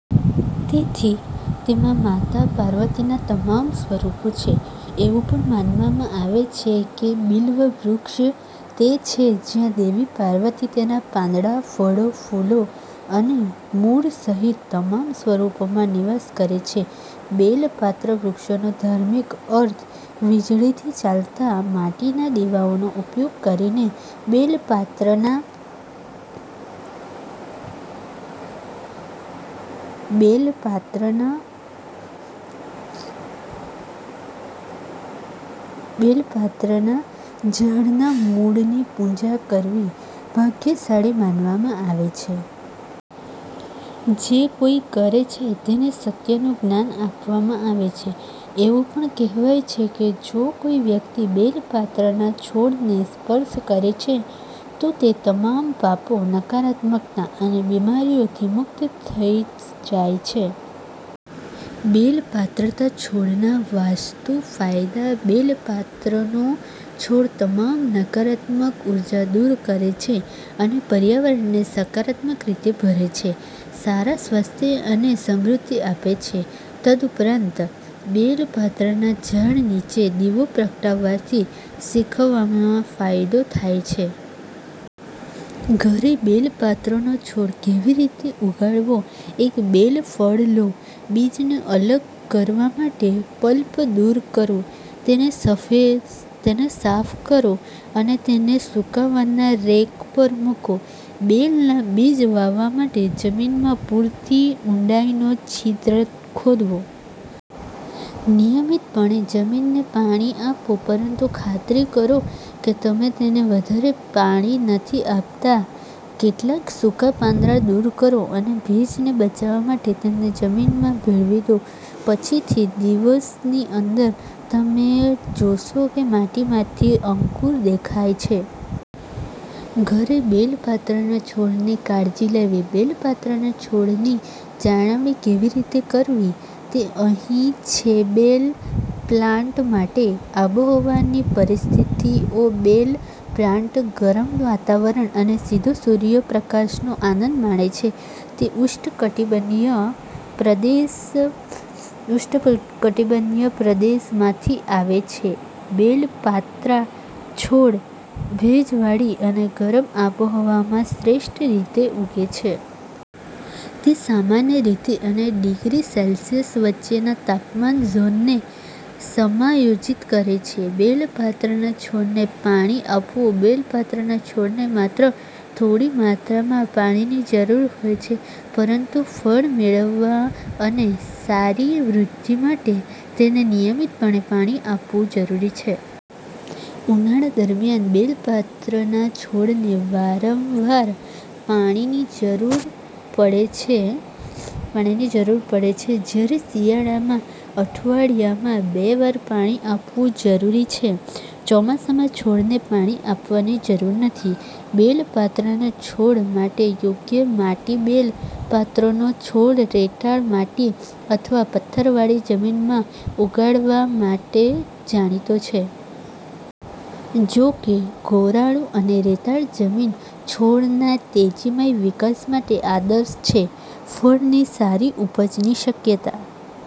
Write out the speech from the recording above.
તેથી, તેમાં માતા પાર્વતીના તમામ સ્વરૂપો છે. એવું પણ માનવામાં આવે છે કે બિલ્વ વૃક્ષ તે છે જ્યાં દેવી પાર્વતી તેના પાંદડા, ફળો, ફૂલો અને મૂળ સહિત તમામ સ્વરૂપોમાં નિવાસ કરે છે. બેલ પાત્ર વૃક્ષનો ધાર્મિક અર્થ વીજળીથી ચાલતા માટીના દીવાઓનો ઉપયોગ કરીને બેલ પાત્રના બેલ પાત્રના ઝાડના મૂળની પૂજા કરવી ભાગ્યશાળી માનવામાં આવે છે. જે કોઈકરે છે તેને સત્યનું જ્ઞાન આપવામાં આવે છે. એવું પણ કહેવાય છે કે જો કોઈ વ્યક્તિ બેલ પાત્રના છોડને સ્પર્શ કરે છે, તો તે તમામ પાપો, નકારાત્મકતા અને બીમારીઓથી મુક્ત થઈ જાય છે. બેલ પાત્રના છોડના વાસ્તુ ફાયદા બેલ પાત્રનો છોડ તમામ નકારાત્મક ઉર્જા દૂર કરે છે અને પર્યાવરણને સકારાત્મક રીતે ભરે છે, સારા સ્વાસ્થ્ય અને સમૃદ્ધિ આપે છે. તદુપરાંત, બેલ પાત્રના ઝાડ નીચે દીવો પ્રગટાવવાથી શીખવામાં ફાયદો થાય છે. ઘરે બેલ પાત્રાનો છોડ કેવી રીતે ઉગાડવો એક બેલ ફળ લો, બીજને અલગ કરવા માટે પલ્પ દૂર કરો, તેને સફેદ સાફ કરો અને તેને સૂકવવાના રેક પર મૂકો. બેલના બીજ વાવવા માટે જમીનમાં પૂરતી ઊંડાઈનો છિદ્ર ખોદવો. નિયમિતપણે જમીનને પાણી આપો પરંતુ ખાતરી કરો કે તમે તેને વધારે પાણી નથી આપતા. કેટલાક સૂકા પાંદડા દૂર કરો અને ભેજને બચાવવા માટે તેમને જમીનમાં ભેળવી દો. પછી, થી દિવસની અંદર, તમે જોશો કે માટીમાંથી અંકુર દેખાય છે. ઘરે બેલ પાત્રના છોડની કાળજી લેવી બેલ પાત્રના છોડની જાળવણી કેવી રીતે કરવી તે અહીં છેબેલ પ્લાન્ટ માટે આબોહવાની પરિસ્થિતિઓબેલ પ્લાન્ટ ગરમ વાતાવરણ અને સીધો સૂર્યપ્રકાશનો આનંદ માણે છે. તે ઉષ્ણકટિબંધીય પ્રદેશમાંથી આવે છે, બેલ પાત્રા છોડ ભેજવાળી અને ગરમ આબોહવામાં શ્રેષ્ઠ રીતે ઉગે છે. તે સામાન્ય રીતે અને ડિગ્રી સેલ્સિયસ વચ્ચેના તાપમાન ઝોનને સમાયોજિત કરે છે. બેલ પાત્રના છોડને પાણી આપવુંબેલ પાત્રના છોડને માત્ર થોડી માત્રામાં પાણીની જરૂર હોય છે. પરંતુ ફળ મેળવવા અને સારી વૃદ્ધિ માટે, તેને નિયમિતપણે પાણી આપવું જરૂરી છે. ઉનાળા દરમિયાન, બેલ પાત્રના છોડને વારંવાર પાણીની જરૂર પડે છે, જ્યારે શિયાળામાં અઠવાડિયામાં બે વાર પાણી આપવું જરૂરી છે. ચોમાસામાં, છોડને પાણી આપવાની જરૂર નથી. બેલ પાત્રા છોડ માટે યોગ્ય માટીબેલ પાત્રાનો છોડ રેતાળ, માટી અથવા પથ્થરવાળી જમીનમાં ઉગાડવા માટે જાણીતો છે. જો કે, ગોરાડુ અને રેતાળ જમીન છોડના તેજીમય વિકાસ માટે આદર્શ છે. ફળની સારી ઉપજની શક્યતા